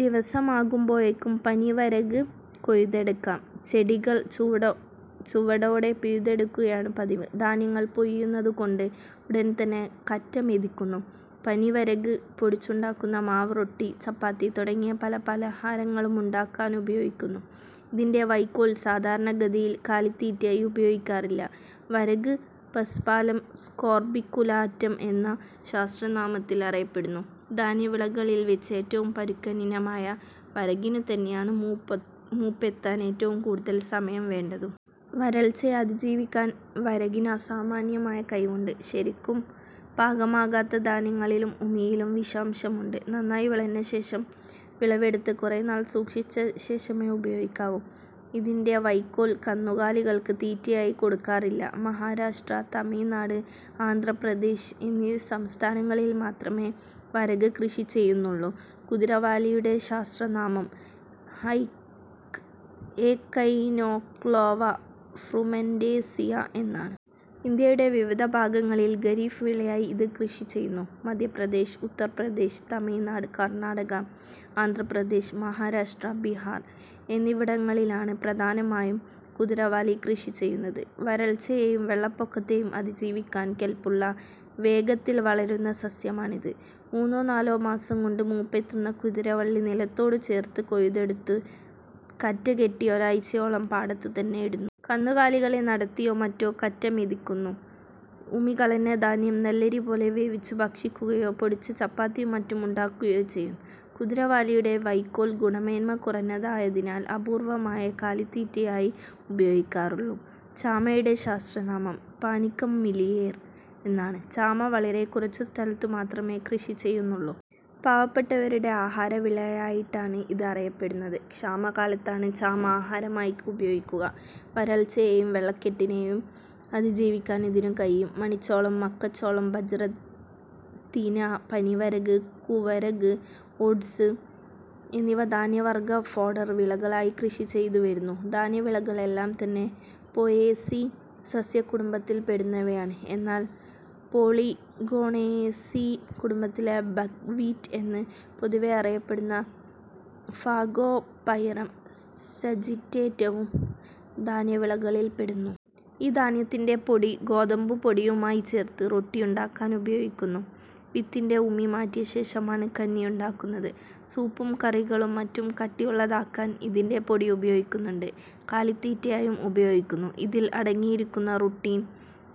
ദിവസമാകുമ്പോഴേക്കും പനിവരക് കൊയ്തെടുക്കാം. ചെടികൾ ചുവടോടെ പിഴുതെടുക്കുകയാണു പതിവ്. ധാന്യങ്ങൾ പൊഴിയുന്നതുകൊണ്ട് ഉടൻതന്നെ കറ്റ മെതിക്കുന്നു. പനിവരക് പൊടിച്ചുണ്ടാക്കുന്ന മാവ് റൊട്ടി, ചപ്പാത്തി തുടങ്ങിയ പല പലഹാരങ്ങളുണ്ടാക്കാനുപയോഗിക്കുന്നു. ഇതിന്റെ വയ്ക്കോൽ സാധാരണഗതിയിൽ കാലിത്തീറ്റയായി ഉപയോഗിക്കാറില്ല. വരക് പസ്പാലം സ്കോർബിക്കുലാറ്റം എന്ന ശാസ്ത്രനാമത്തിൽ അറിയപ്പെടുന്നു. ധാന്യവിളകളിൽവച്ച് ഏറ്റവും പരുക്കൻ ഇനമായ വരകിനു തന്നെയാണ് മൂപ്പെത്താൻ ഏറ്റവും കൂടുതൽ സമയം വേണ്ടതും. വരൾച്ചയെ അതിജീവിക്കാൻ വരകിന് അസാമാന്യമായ കഴിവുണ്ട്. ശരിക്കു പാകമാകാത്ത ധാന്യങ്ങളിലും ഉമിയിലും വിഷാംശമുണ്ട്. നന്നായി വിളഞ്ഞശേഷം വിളവെടുത്ത് കുറേനാൾ സൂക്ഷിച്ചശേഷമേ ഉപയോഗിക്കാവൂ. ഇതിന്റെ വയ്ക്കോൽ കന്നുകാലികൾക്ക് തീറ്റയായി കൊടുക്കാറില്ല. മഹാരാഷ്ട്ര, തമിഴ്നാട്, ആന്ധ്രപ്രദേശ് എന്നീ സംസ്ഥാനങ്ങളിൽ മാത്രമേ വരക് കൃഷി ചെയ്യുന്നുള്ളൂ. കുതിരവാലിയുടെ ശാസ്ത്രനാമം: എക്കൈനോക്ളോവ ഫ്രുമെന്റേസിയ എന്നാണ്. ഇന്ത്യയുടെ വിവിധ ഭാഗങ്ങളിൽ ഖരീഫ് വിളയായി ഇത് കൃഷിചെയ്യുന്നു. മധ്യപ്രദേശ്, ഉത്തർപ്രദേശ്, തമിഴ്നാട്, കർണാടക, ആന്ധ്രപ്രദേശ്, മഹാരാഷ്ട്ര, ബിഹാർ എന്നിവിടങ്ങളിലാണ് പ്രധാനമായും കുതിരവാലി കൃഷിചെയ്യുന്നത്. വരൾച്ചയെയും വെള്ളപ്പൊക്കത്തെയും അതിജീവിക്കാൻ കെല്പുള്ള, വേഗത്തിൽ വളരുന്ന സസ്യമാണിത്. മൂന്നോ നാലോ മാസംകൊണ്ട് മൂപ്പെത്തുന്ന കുതിരവള്ളി നിലത്തോടു ചേർത്ത് കൊയ്തെടുത്തു കറ്റകെട്ടി ഒരാഴ്ചയോളം പാടത്തുതന്നെ ഇടുന്നു. കന്നുകാലികളെ നടത്തിയോ മറ്റോ കറ്റ മെതിക്കുന്നു. ഉമി കളഞ്ഞ ധാന്യം നെല്ലരി പോലെ വേവിച്ചു ഭക്ഷിക്കുകയോ പൊടിച്ച് ചപ്പാത്തിയും മറ്റും ഉണ്ടാക്കുകയോ ചെയ്യുന്നു. കുതിരവാലിയുടെ വയ്ക്കോൽ ഗുണമേന്മ കുറഞ്ഞതായതിനാൽ അപൂർവമായേ കാലിത്തീറ്റയായി ഉപയോഗിക്കാറുള്ളൂ. ചാമയുടെ ശാസ്ത്രനാമം: പാനിക്കം മിലിയേർ. എന്നാണ്. ചാമ വളരെ കുറച്ചു സ്ഥലത്തു മാത്രമേ കൃഷിചെയ്യുന്നുള്ളൂ. പാവപ്പെട്ടവരുടെ ആഹാരവിളയായിട്ടാണ് ഇത് അറിയപ്പെടുന്നത്. ക്ഷാമകാലത്താണ് ചാമ ആഹാരമായി ഉപയോഗിക്കുക. വരൾച്ചയെയും വെള്ളക്കെട്ടിനെയും അതിജീവിക്കാൻ ഇതിനു കഴിയും. മണിച്ചോളം, മക്കച്ചോളം, ബജ്റ, തിന, പനിവരക്, കൂവരക്, ഓട്സ് എന്നിവ ധാന്യവർഗ ഫോഡർ വിളകളായി കൃഷിചെയ്തുവരുന്നു. ധാന്യവിളകൾ എല്ലാംതന്നെ പോയേസീ സസ്യകുടുംബത്തിൽപ്പെടുന്നവയാണ്. എന്നാൽ പോളിഗോണേസീ കുടുംബത്തിലെ ബക് വീറ്റ് എന്ന് പൊതുവേ അറിയപ്പെടുന്ന ഫാഗോപൈറം സജിറ്റേറ്റവും ധാന്യവിളകളിൽപ്പെടുന്നു. ഈ ധാന്യത്തിന്റെ പൊടി ഗോതമ്പുപൊടിയുമായിച്ചേർത്ത് റൊട്ടിയുണ്ടാക്കാനുപയോഗിക്കുന്നു. വിത്തിന്റെ ഉമി മാറ്റിയശേഷമാണ് കഞ്ഞിയുണ്ടാക്കുന്നത്. സൂപ്പും കറികളും മറ്റും കട്ടിയുള്ളതാക്കാൻ ഇതിന്റെ പൊടി ഉപയോഗിക്കുന്നുണ്ട്. കാലിത്തീറ്റയായും ഉപയോഗിക്കുന്നു. ഇതിൽ അടങ്ങിയിരിക്കുന്ന റുട്ടിൻ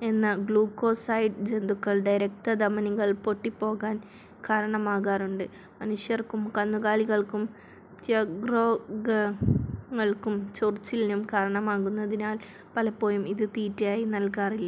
എന്ന ഗ്ളൂക്കോസൈഡ് ജന്തുക്കളുടെ രക്തധമനികൾ പൊട്ടിപ്പോകാൻ കാരണമാകാറുണ്ട്. മനുഷ്യർക്കും കന്നുകാലികൾക്കും ത്വഗ്രോഗങ്ങൾക്കും ചൊറിച്ചിലിനും കാരണമാകുന്നതിനാൽ പലപ്പോഴും ഇത് തീറ്റയായി നല്കാറില്ല.